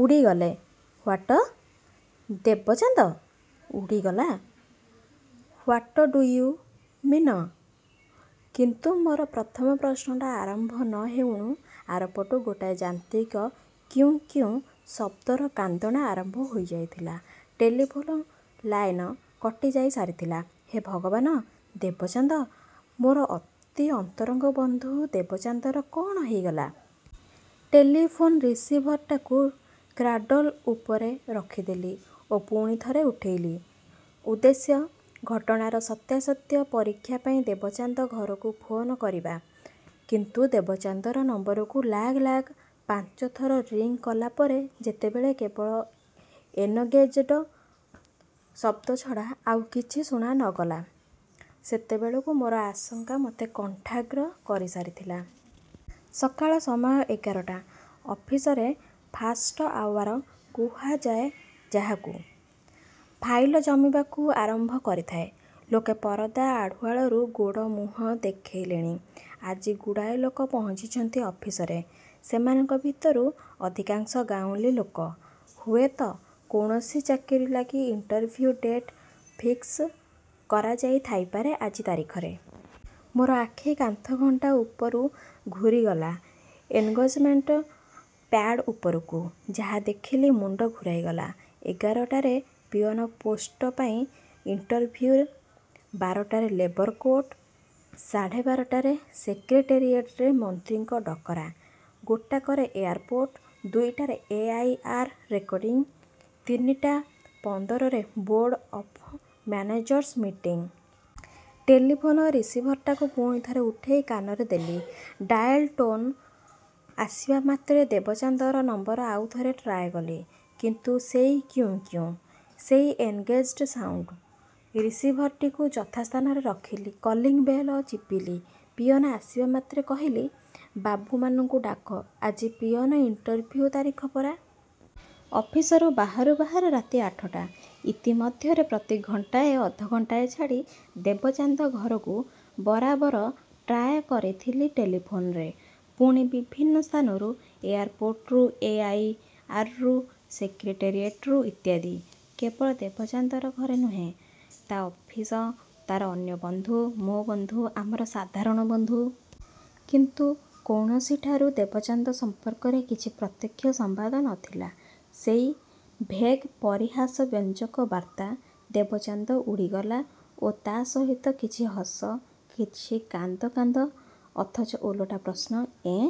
ଉଡ଼ିଗଲେ! What? Debchand? ଉଡ଼ିଗଲା? What do you mean? କିନ୍ତୁ ମୋର ପ୍ରଥମ ପ୍ରଶ୍ନଟା ଆରମ୍ଭ ନ ହେଉଣୁ ଆରପଟୁ ଗୋଟାଏ ଯାନ୍ତ୍ରିକ କ୍ୟୁଁ କ୍ୟୁଁ ଶବ୍ଦର କାନ୍ଦଣା ଆରମ୍ଭ ହୋଇଯାଇଥିଲା। Telephone line କଟିଯାଇସାରିଥିଲା। ହେ ଭଗବାନ! ଦେବଚାନ୍ଦ, ମୋର ଅତି ଅନ୍ତରଙ୍ଗ ବନ୍ଧୁ ଦେବଚାନ୍ଦର କଅଣ ହୋଇଗଲା! ଟେଲିଫୋନ ରିସିଭରଟାକୁ କ୍ରାଡଲ ଉପରେ ରଖିଦେଲି ଓ ପୁଣି ଥରେ ଉଠେଇଲି। ଉଦ୍ଦେଶ୍ୟ, ଘଟଣାର ସତ୍ୟାସତ୍ୟ ପରୀକ୍ଷା ପାଇଁ ଦେବଚାନ୍ଦ ଘରକୁ ଫୋନ କରିବା। କିନ୍ତୁ ଦେବଚାନ୍ଦର ନମ୍ବରକୁ ଲାଗ୍ ଲାଗ୍ ପାଞ୍ଚ ଥର ରିଂ କଲା ପରେ ଯେତେବେଳେ କେବଳ ଏନଗେଜ୍‌ଡ ଶବ୍ଦ ଛଡ଼ା ଆଉ କିଛି ଶୁଣା ନ ଗଲା, ସେତେବେଳକୁ ମୋର ଆଶଙ୍କା ମତେ କଣ୍ଠାଗ୍ର କରିସାରିଥିଲା। ସକାଳ ସମୟ ଏଗାରଟା। ଅଫିସରେ ଫାଷ୍ଟ ଆୱାର କୁହାଯାଏ ଯାହାକୁ। ଫାଇଲ ଜମିବାକୁ ଆରମ୍ଭ କରିଥାଏ। ଲୋକେ ପରଦା ଆଢ଼ୁଆଳରୁ ଗୋଡ଼ ମୁହଁ ଦେଖେଇଲେଣି। ଆଜି ଗୁଡ଼ାଏ ଲୋକ ପହଞ୍ଚିଛନ୍ତି ଅଫିସରେ। ସେମାନଙ୍କ ଭିତରୁ ଅଧିକାଂଶ ଗାଉଁଲୀ ଲୋକ। ହୁଏତ କୌଣସି ଚାକିରି ଲାଗି ଇଣ୍ଟରଭ୍ୟୁ ଡେଟ୍ ଫିକ୍ସ କରାଯାଇ ଥାଇପାରେ ଆଜି ତାରିଖରେ। ମୋର ଆଖି କାନ୍ଥଘଣ୍ଟା ଉପରୁ ଘୂରିଗଲା ଏନଗେଜମେଣ୍ଟ ପ୍ୟାଡ୍ ଉପରକୁ। ଯାହା ଦେଖିଲି ମୁଣ୍ଡ ଘୂରେଇଗଲା। ଏଗାରଟାରେ ପିଅନ ପୋଷ୍ଟ ପାଇଁ ଇଣ୍ଟରଭ୍ୟୁ, ବାରଟାରେ ଲେବର କୋର୍ଟ, ସାଢ଼େ ବାରଟାରେ ସେକ୍ରେଟେରିଏଟରେ ମନ୍ତ୍ରୀଙ୍କ ଡକରା, ଗୋଟାକରେ ଏୟାରପୋର୍ଟ, ଦୁଇଟାରେ ଏ ଆଇ ଆର ରେକର୍ଡିଂ, ତିନିଟା ପନ୍ଦରରେ board of managers meeting. Telephone ରିସିଭରଟାକୁ ପୁଣି ଥରେ ଉଠେଇ କାନରେ ଦେଲି। ଡାଏଲ ଟୋନ ଆସିବା ମାତ୍ରେ ଦେବଚାନ୍ଦର ନମ୍ବର ଆଉ ଥରେ ଟ୍ରାଏ କଲି। କିନ୍ତୁ ସେଇ କ୍ୟୁଁ କ୍ୟୁଁ, ସେଇ ଏନଗେଜ୍‌ଡ ସାଉଣ୍ଡ! ରିସିଭରଟିକୁ ଯଥାସ୍ଥାନରେ ରଖିଲି। କଲିଂବେଲ ଚିପିଲି। ପିଅନ ଆସିବା ମାତ୍ରେ କହିଲି, ବାବୁମାନଙ୍କୁ ଡାକ, ଆଜି ପିଅନ ଇଣ୍ଟରଭ୍ୟୁ ତାରିଖ ପରା! ଅଫିସରୁ ବାହାରୁ ବାହାରୁ ରାତି ଆଠଟା। ଇତିମଧ୍ୟରେ ପ୍ରତି ଘଣ୍ଟାଏ ଅଧଘଣ୍ଟାଏ ଛାଡ଼ି ଦେବଚାନ୍ଦ ଘରକୁ ବରାବର ଟ୍ରାଏ କରିଥିଲି ଟେଲିଫୋନରେ। ପୁଣି ବିଭିନ୍ନ ସ୍ଥାନରୁ, ଏୟାରପୋର୍ଟରୁ, ଏ ଆଇ ଆରରୁ, ସେକ୍ରେଟେରିଏଟରୁ ଇତ୍ୟାଦି। କେବଳ ଦେବଚାନ୍ଦର ଘର ନୁହେଁ, ତା' ଅଫିସ, ତାର ଅନ୍ୟ ବନ୍ଧୁ, ମୋ ବନ୍ଧୁ, ଆମର ସାଧାରଣ ବନ୍ଧୁ। କିନ୍ତୁ କୌଣସିଠାରୁ ଦେବଚାନ୍ଦ ସମ୍ପର୍କରେ କିଛି ପ୍ରତ୍ୟକ୍ଷ ସମ୍ବାଦ ନ ଥିଲା। ସେଇ ଭେଗ୍ ପରିହାସବ୍ୟଞ୍ଜକ ବାର୍ତ୍ତା, ଦେବଚାନ୍ଦ ଉଡ଼ିଗଲା, ଓ ତା' ସହିତ କିଛି ହସ, କିଛି କାନ୍ଦ କାନ୍ଦ ଅଥଚ ଓଲଟା ପ୍ରଶ୍ନ, ଏଁ?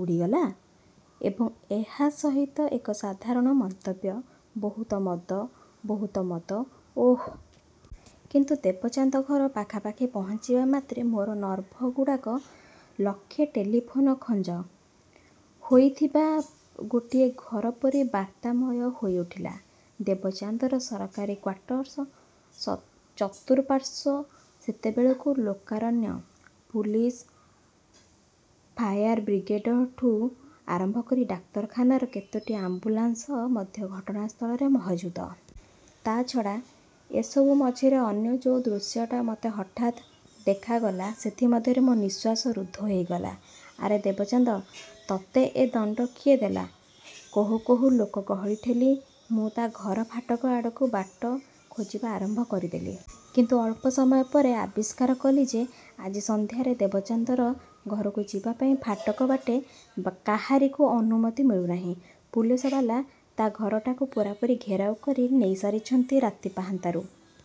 ଉଡ଼ିଗଲା? ଏବଂ ଏହା ସହିତ ଏକ ସାଧାରଣ ମନ୍ତବ୍ୟ, ବହୁତ ମଦ, ବହୁତ ମଦ, ଓଃ! କିନ୍ତୁ ଦେବଚାନ୍ଦ ଘର ପାଖାପାଖି ପହଞ୍ଚିବା ମାତ୍ରେ ମୋର ନର୍ଭଗୁଡ଼ାକ ଲକ୍ଷେ ଟେଲିଫୋନ ଖଞ୍ଜା ହୋଇଥିବା ଗୋଟିଏ ଘର ପରି ବାର୍ତ୍ତାମୟ ହୋଇଉଠିଲା। ଦେବଚାନ୍ଦର ସରକାରୀ କ୍ୱାଟର୍ସ ଚତୁଃପାର୍ଶ୍ୱ ସେତେବେଳକୁ ଲୋକାରଣ୍ୟ। ପୁଲିସ, ଫାୟାର ବ୍ରିଗେଡଠୁଁ ଆରମ୍ଭ କରି ଡାକ୍ତରଖାନାର କେତୋଟି ଆମ୍ବୁଲାନ୍ସ ମଧ୍ୟ ଘଟଣାସ୍ଥଳରେ ମହଜୁଦ। ତା' ଛଡ଼ା, ଏସବୁ ମଝିରେ ଅନ୍ୟ ଯୋଉ ଦୃଶ୍ୟଟା ମତେ ହଠାତ୍ ଦେଖାଗଲା ସେଥିରେ ମୋ ନିଃଶ୍ୱାସ ରୁଦ୍ଧ ହୋଇଗଲା। ଆରେ ଦେବଚାନ୍ଦ, ତତେ ଏ ଦଣ୍ଡ କିଏ ଦେଲା! କହୁ କହୁ ଲୋକଗହଳି ଠେଲି ମୁଁ ତା' ଘର ଫାଟକ ଆଡ଼କୁ ବାଟ ଖୋଜିବା ଆରମ୍ଭ କରିଦେଲି। କିନ୍ତୁ ଅଳ୍ପ ସମୟ ପରେ ଆବିଷ୍କାର କଲି ଯେ ଆଜି ସନ୍ଧ୍ୟାରେ ଦେବଚାନ୍ଦର ଘରକୁ ଯିବା ପାଇଁ ଫାଟକ ବାଟେ କାହାରିକୁ ଅନୁମତି ମିଳୁନାହିଁ। ପୁଲିସବାଲା ତା' ଘରଟାକୁ ପୂରାପୂରି ଘେରାଉ କରି ନେଇସାରିଛନ୍ତି ରାତି ପାହାନ୍ତାରୁ।